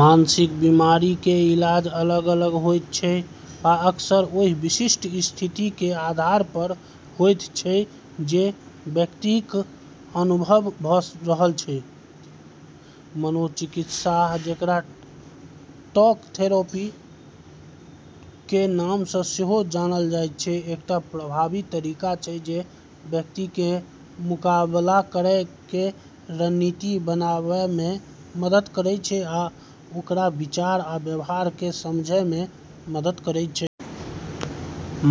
मानसिक बीमारी केर इलाज अलग-अलग होइत छै आ अक्सर ओही विशिष्ट स्थिति केर आधारपर होइत छै जे व्यक्तिक अनुभव भऽ रहल छै। मनोचिकित्सा, जेकरा टॉक थेरेपी केर नामसँ सेहो जानल जाइत छै, एकटा प्रभावी तरीका छै जे व्यक्तिकेँ मुकाबला करै केर रणनीति बनाबैमे मदद करैत छै आ ओकर विचार आ व्यवहारकेँ समझैमे मदद करैत छै।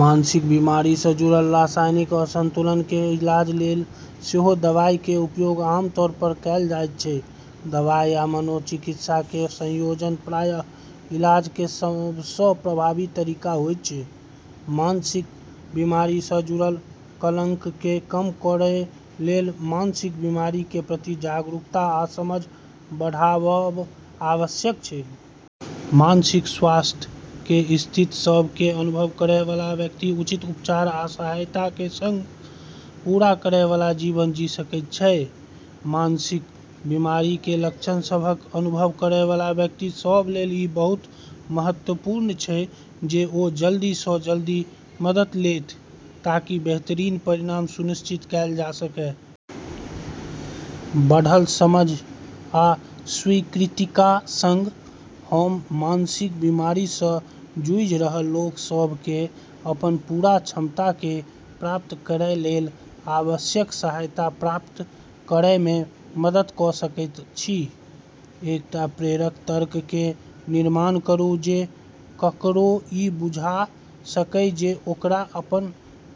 मानसिक बीमारीसँ जुड़ल रासायनिक असंतुलन केर इलाज लेल सेहो दवाई केर उपयोग आमतौरपर कएल जाइत छै। दवाई आ मनोचिकित्सा केर संयोजन प्रायः इलाज केर सबसँ प्रभावी तरीका होइत छै। मानसिक बीमारीसँ जुड़ल कलंककेँ कम करै लेल मानसिक बीमारी केर प्रति जागरूकता आ समझ बढ़ाबब आवश्यक छै। मानसिक स्वास्थ्य केर स्थितिसभ केर अनुभव करैवाला व्यक्ति उचित उपचार आ सहायता केर संग पूरा करैवाला जीवन जी सकैत छै। मानसिक बीमारी केर लक्षण सभक अनुभव करैवाला व्यक्ति सभ लेल ई बहुत महत्वपूर्ण छै जे ओ जल्दीसँ जल्दी मदद लेथि ताकि बेहतरीन परिणाम सुनिश्चित कएल जा सकए। बढ़ल समझ आ स्वीकृतिका संग, हम मानसिक बीमारीसँ जूझि रहल लोक सभकेँ अपन पूरा क्षमताकेँ प्राप्त करै लेल आवश्यक सहायता प्राप्त करैमे मदद कऽ सकैत छी। एकटा प्रेरक तर्क केर निर्माण करू जे ककरो ई बुझा सकए जे ओकरा अपन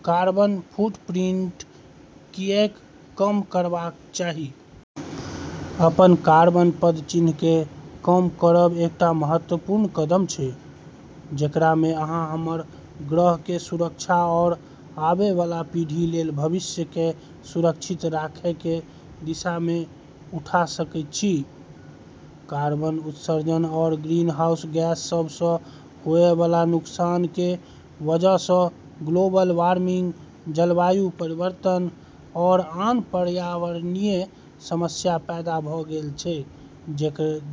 कार्बन फुटप्रिंट किऐक कम करबाक चाही। अपन कार्बन पदचिह्नकेँ कम करब एकटा महत्वपूर्ण कदम छै जेकरामे अहाँ हमर ग्रह केर सुरक्षा आरू आबैवाला पीढ़ी लेल भविष्यकेँ सुरक्षित रखै केर दिशामे उठा सकैत छी। कार्बन उत्सर्जन आरू ग्रीनहाउस गैस सभसँ होएवाला नुकसान केर वजहसँ ग्लोबल वार्मिंग, जलवायु परिवर्तन आरू आन पर्यावरणीय समस्या पैदा भऽ गेल छै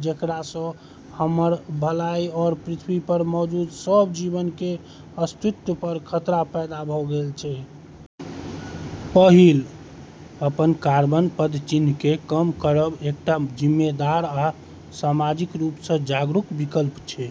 जेकरासँ हमर भलाई आरू पृथ्वीपर मौजूद सब जीवन केर अस्तित्वपर खतरा पैदा भऽ गेल छै। पहिल, अपन कार्बन पदचिह्नकेँ कम करब एकटा जिम्मेदार आ सामाजिक रूपसँ जागरूक विकल्प छै।